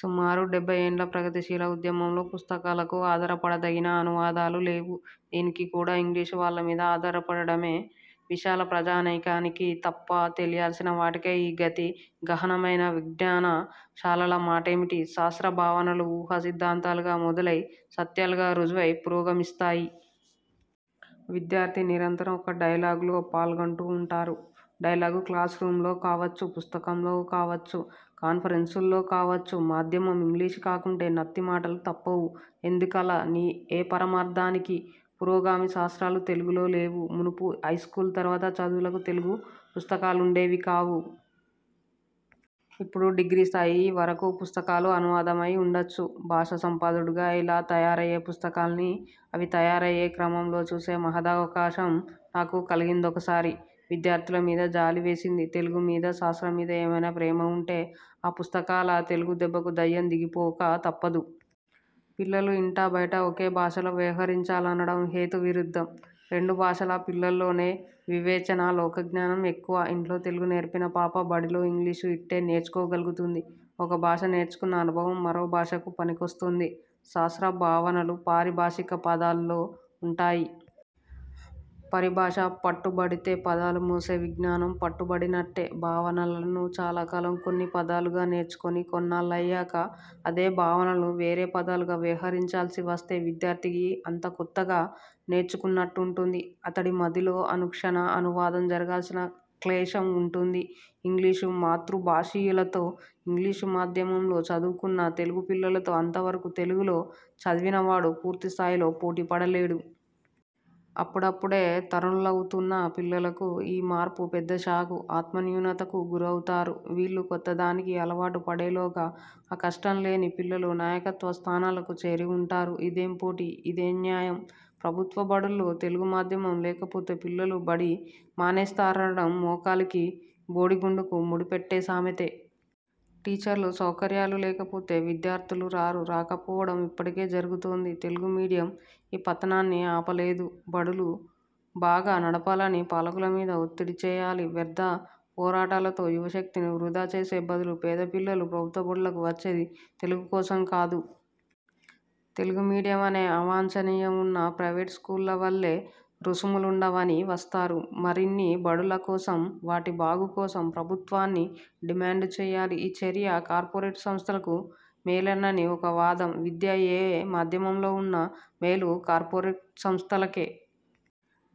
సుమారు డెభ్భై ఏండ్ల ప్రగతిశీల ఉద్యమంలో పుస్తకాలకు ఆధారపడదగిన అనువాదాలు లేవు. దానికి కూడా 'ఇంగ్లీషు' వాళ్ళ మీద ఆధారపడడమే. విశాల ప్రజానీకానికి తప్పక తెలియాల్సిన వాటికే ఈ గతి గహనమైన విజ్ఞాన శాస్త్రాల మాటేమిటి? శాస్త్ర 'భావన'లు ఊహా సిద్ధాంతాలుగా మొదలై, సత్యాలుగా రుజువై పురోగమిస్తాయి. విద్యార్థి నిరంతరం ఒక డైలాగులో పాల్గొంటూ వుంటాడు. డైలాగు క్లాసు రూంలో కావొచ్చు, పుస్తకంతో కావొచ్చు. కాన్ఫరెన్సులో కావొచ్చు. మాధ్యమం ఇంగ్లీషు కాకుంటే నత్తి మాటలు తప్పవు. ఎందుకలా? ఏ పరమార్థానికి? పురోగామి శాస్త్రాలు తెలుగులో లేవు. మునుపు హైస్కూలు తరువాత చదువులకు తెలుగు పుస్తకాలుండేవి కావు. ఇప్పుడు డిగ్రీ స్థాయి వరకు పుస్తకాలు అనువాదమయి వుండొచ్చు. 'భాషా సంపాదకుడి'గా అలా తయారయ్యే పుస్తకాల్ని, అవి తయారయ్యే క్రమంలో చూసే మహదవకాశం నాకు కలిగిందొకసారి. విద్యార్థుల మీద జాలి వేసింది. తెలుగు మీద, శాస్త్రం మీద ఏమైనా ప్రేమ వుంటే, ఆ పుస్తకాల తెలుగు దెబ్బకు దయ్యం దిగిపోక తప్పదు. పిల్లలు ఇంటా బయటా ఒకే భాషలో వ్యవహరించాలనడం హేతు విరుద్ధం. రెండు భాషల పిల్లల్లోనే వివేచన, లోకజ్ఞానం ఎక్కువ. ఇంట్లో తెలుగు నేర్చిన పాప బడిలో ఇంగ్లీషు ఇట్టే నేర్చుకోగలుగుతుంది. ఒక భాష నేర్చుకున్న అనుభవం మరో భాషకు పనికొస్తుంది. శాస్త్ర భావనలు పారిభాషిక పదాలలో వుంటాయి. పరిభాష పట్టుబడితే పదాలు మోసే విజ్ఞానం పట్టుబడినట్టే. భావనలను చాలా కాలం కొన్ని పదాలుగా నేర్చుకుని, కొన్నాళ్ళయ్యాక అదే భావనలను వేరే పదాలుగా వ్యవహరించాల్సి వస్తే విద్యార్థికి అంతా కొత్తగా నేర్చుకున్నట్టుంటుంది. అతడి మదిలో అనుక్షణ అనువాదం జరగాల్సిన క్లేశం వుంటుంది. ఇంగ్లీషు-మాతృభాషీయులతో, ఇంగ్లీషు మాధ్యమంలో చదువుకున్న తెలుగు పిల్లలతో అంత వరకు తెలుగులో చదివినవాడు పూర్తి స్థాయిలో పోటీ పడలేడు. అప్పుడప్పుడే తరుణులవుతున్న పిల్లలకు ఈ మార్పు పెద్ద షాక్. ఆత్మన్యూనతకు గురవుతారు. వీళ్లు కొత్తదానికి అలవాటు పడేలోగా ఆ కష్టం లేని పిల్లలు నాయకత్వ స్థానాలకు చేరి వుంటారు. ఇదేం పోటీ? ఇదేం న్యాయం? ప్రభుత్వ బడులలో తెలుగు మాధ్యమం లేకపోతే పిల్లలు బడి మానేస్తారననడం మోకాలికి బోడిగుండుకు ముడి పెట్టే సామెతే. టీచర్లు, సౌకర్యాలు లేకపోతే విద్యార్థులు రారు. రాకపోవడం ఇప్పటికే జరుగుతోంది. 'తెలుగు మీడియం' ఈ పతనాన్ని ఆపలేదు. బడులు బాగా నడపాలని పాలకుల మీద ఒత్తిడి చేయాలి, వ్యర్థ పోరాటాలలో యువశక్తిని వృథా చేసే బదులు. పేద పిల్లలు ప్రభుత్వ బడులకు వచ్చేది తెలుగు కోసం కాదు. తెలుగు మీడియం అనే 'అవాంఛనీయం' వున్నా ప్రైవేటు స్కూళ్ల వలె రుసుములుండవని వస్తారు. మరిన్ని బడుల కోసం, వాటి బాగు కోసం ప్రభుత్వాన్ని డిమాండు చేయాలి. ఈ చర్య కార్పొరేట్ సంస్థలకు మేలని ఒక వాదం. విద్య ఏ మాధ్యమంలో వున్నా మేలు కార్పొరేట్ సంస్థలకే.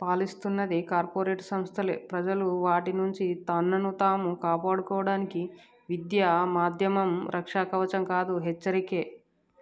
పాలిస్తున్నది కార్పొరేట్ సంస్థలే. ప్రజలు వాటి నుంచి తమను తాము కాపాడుకోడానికి విద్యా మాధ్యమం రక్షా కవచం కాదు. హెచ్చార్కె